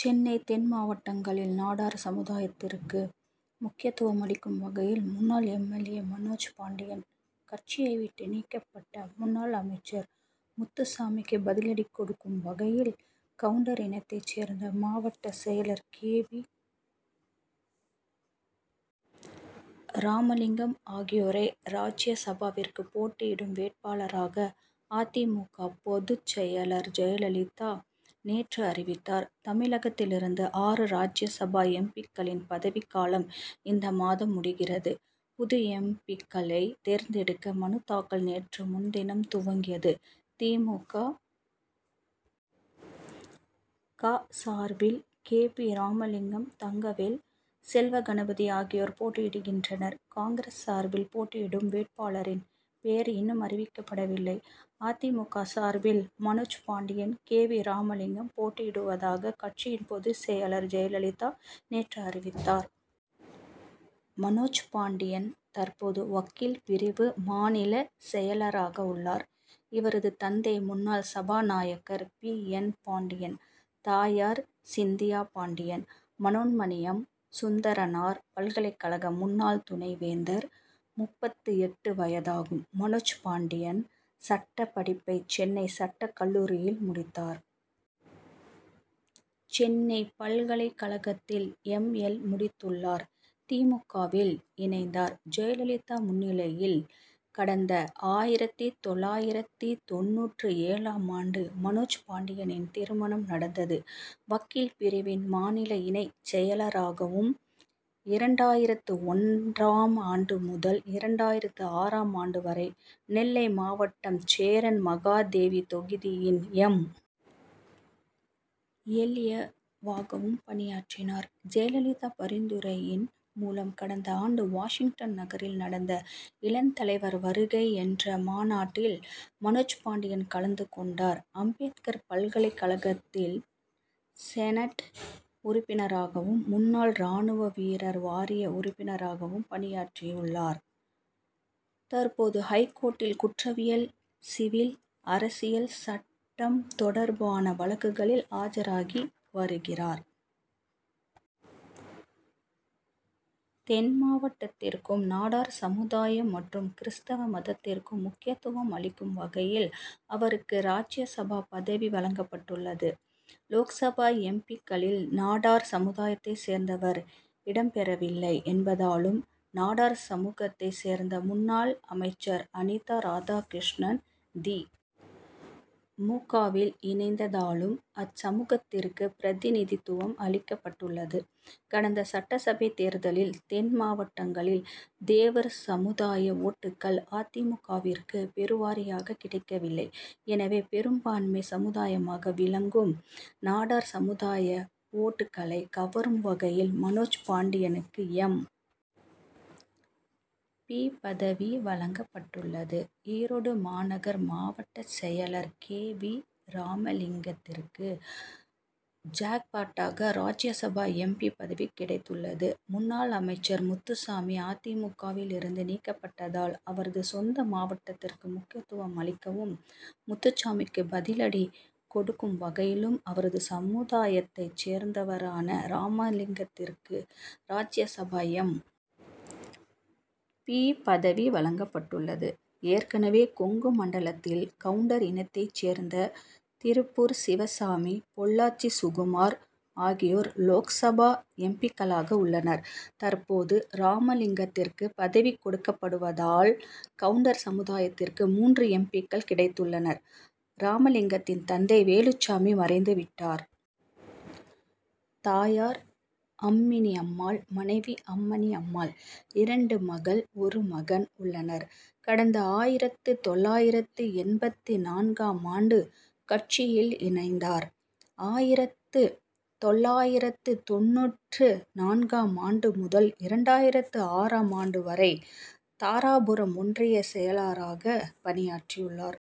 சென்னை தென் மாவட்டங்களில் நாடார் சமுதாயத்திற்கு முக்கியத்துவம் அளிக்கும் வகையில், முன்னாள் M. L. A., Manoj Pandian, கட்சியை விட்டு நீக்கப் பட்ட முன்னாள் அமைச்சர் முத்துசாமிக்கு பதிலடி கொடுக் கும் வகையில், கவுண்டர் இனத் தைச் சேர்ந்த மாவட்டச் செயலர் கே. வி. ராமலிங்கம் ஆகியோரை ராஜ்யசபாவுக்கு போட்டியிடும் வேட்பாளர்களாக அ. தி. மு. க., பொதுச்செயலர் ஜெயலலிதா நேற்று அறிவித்தார். தமிழகத்திலிருந்து ஆறு ராஜ்யசபா எம். பி.,க்களின் பதவிக்காலம் இந்த மாதம் முடிகிறது. புது எம். பி.,க்களை தேர்ந்தெடுக்க மனு தாக்கல் நேற்று முன்தினம் துவங்கியது. தி. மு. க., சார்பில் கே. பி. ராமலிங்கம், தங்கவேல், செல்வகணபதி ஆகியோர் போட்டியிடுகின்றனர். காங்கிரஸ் சார்பில் போட்டியிடும் வேட்பாளரின் பெயர் இன் னும் அறிவிக்கப்படவில்லை. அ. தி. மு. க., சார் பில் மனோஜ்பாண்டியன், கே. வி. ராமலிங்கம் போட்டியிடுவதாக கட்சியின் பொதுச்செயலர் ஜெயலலிதா நேற்று அறிவித்தார். மனோஜ் பாண்டியன் தற்போது வக்கீல் பிரிவு மாநில செயலராக உள்ளார். இவரது தந்தை முன்னாள் சபாநாயகர் பி. எச். பாண்டியன். தாயார் சிந்தியா பாண்டியன், மனோன்மணியம் சுந்தரனார் பல்கலைக் கழக முன்னாள் துணைவேந்தர். முப்பத்து எட்டு வயதாகும் மனோஜ் பாண்டியன், சட்டப் படிப்பை சென்னை சட்டக் கல்லூரியில் முடித்தார். சென்னை பல்கலைக் கழகத்தில் எம். எல்., முடித்துள் ளார். தி. மு. க., வில் இணைந்தார். ஜெயலலிதா முன்னிலையில் கடந்த ஆயிரத்து தொள்ளாயிரத்து தொண்ணூற்று ஏழாம் ஆண்டு மனோஜ் பாண்டியனின் திருமணம் நடந்தது. வக்கீல் பிரிவின் மாநில இணைச் செயலராகவும், இரண்டாயிரத்து ஒன்றாம் ஆண்டு முதல் இரண்டாயிரத்து ஆறாம் ஆண்டு வரை நெல்லை மாவட்டம் சேரன்மகாதேவி தொகுதியின் எம். எல். ஏ.,வாகவும் பணியாற்றினார். ஜெயலலிதா பரிந்துரையின் மூலம் கடந்த ஆண்டு வாஷிங்டன் நகரில் நடந்த, "இளந்தலைவர் வருகை' என்ற மாநாட்டில் மனோஜ் பாண்டியன் கலந்து கொண்டார். அம்பேத்கர் பல்கலைக் கழகத்தின் செனட் உறுப்பினராகவும், முன்னாள் ராணுவ வீரர் வாரிய உறுப்பினராகவும் பணியாற்றியுள்ளார். தற்போது, ஐகோர்ட் டில் குற்றவியல், சிவில், அரசியல் சட்டம் தொடர் பான வழக்குகளில் ஆஜராகி வருகிறார். தென் மாவட்டத்திற்கும், நாடார் சமுதாயம் மற் றும் கிறிஸ்தவ மதத் திற்கு முக்கியத்துவம் அளிக்கும் வகையில் அவருக்கு ராஜ்யசபா பதவி வழங்கப்பட்டுள்ளது. லோக்சபா எம். பி.,க்களில் நாடார் சமுதாயத்தை சேர்ந்தவர் இடம் பெறவில்லை என்பதாலும், நாடார் சமூகத்தை சேர்ந்த முன்னாள் அமைச்சர் அனிதா ராதாகிருஷ்ணன், தி. மு. க.,வில் இணைந்ததாலும் அச்சமூகத்திற்கு பிரதிநிதித்துவம் அளிக்கப்பட்டுள்ளது. கடந்த சட்டசபை தேர்தலில் தென் மாவட்டங்களில் தேவர் சமுதாய ஓட் டுக்கள் அ. தி. மு. க.,விற்கு பெருவாரியாக கிடைக்கவில்லை. எனவே, பெரும் பான்மை சமுதாயமாக விளங்கும் நாடார் சமுதாய ஓட் டுக்களை கவரும் வகையில் மனோஜ் பாண்டியனுக்கு எம். பி., பதவி வழங் கப்பட்டுள்ளது. ஈரோடு மாநகர் மாவட்டச் செயலர் கே. வி. ராமலிங்கத் திற்கு ஜாக்பாட்டாக ராஜ்யசபா எம். பி., பதவி கிடைத் துள்ளது. முன்னாள் அமைச்சர் முத்துசாமி அ. தி. மு. க.,விலிருந்து நீக்கப்பட்டதால் அவரது சொந்த மாவட்டத்திற்கு முக்கியத்துவம் அளிக்கவும், முத்துசாமிக்கு பதிலடி கொடுக்கும் வகையிலும் அவரது சமுதாயத்தைச் சேர்ந்தவரான ராமலிங்கத்திற்கு ராஜ்யசபா எம். பி., பதவி வழங்கப்பட்டுள்ளது. ஏற்கனவே, கொங்கு மண்டலத்தில் கவுண்டர் இனத்தைச் சேர்ந்த திருப்பூர் சிவசாமி, பொள்ளாச்சி சுகுமார் ஆகியோர் லோக்சபா எம். பி.,க் களாக உள்ளனர். தற்போது ராமலிங்கத்திற்கு பதவி கொடுக் கப்படுவதால் கவுண்டர் சமுதாயத்திற்கு மூன்று எம். பி.,க்கள் கிடைத்துள்ளனர். ராமலிங்கத்தின் தந்தை வேலுச் சாமி மறைந்து விட்டார். தாயார் அம்மினி அம்மாள். மனைவி அம்மனி அம்மாள். இரண்டு மகள், ஒரு மகன் உள்ளனர். கடந்த ஆயிரத்து தொள்ளாயிரத்து எண்பத்து நான்காம் ஆண்டு கட்சியில் இணைந்தார். ஆயிரத்து தொள்ளாயிரத்து தொண்ணூற்று நான்காம் ஆண்டு முதல் இரண்டாயிரத்து ஆறாம் ஆண்டு வரை தாராபுரம் ஒன்றிய செயலராக பணியாற்றியுள்ளார்.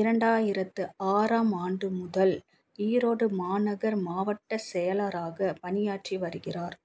இரண்டாயிரத்து ஆறாம் ஆண்டு முதல் ஈரோடு மாநகர் மாவட்டச் செயலராக பணியாற்றி வருகிறார்.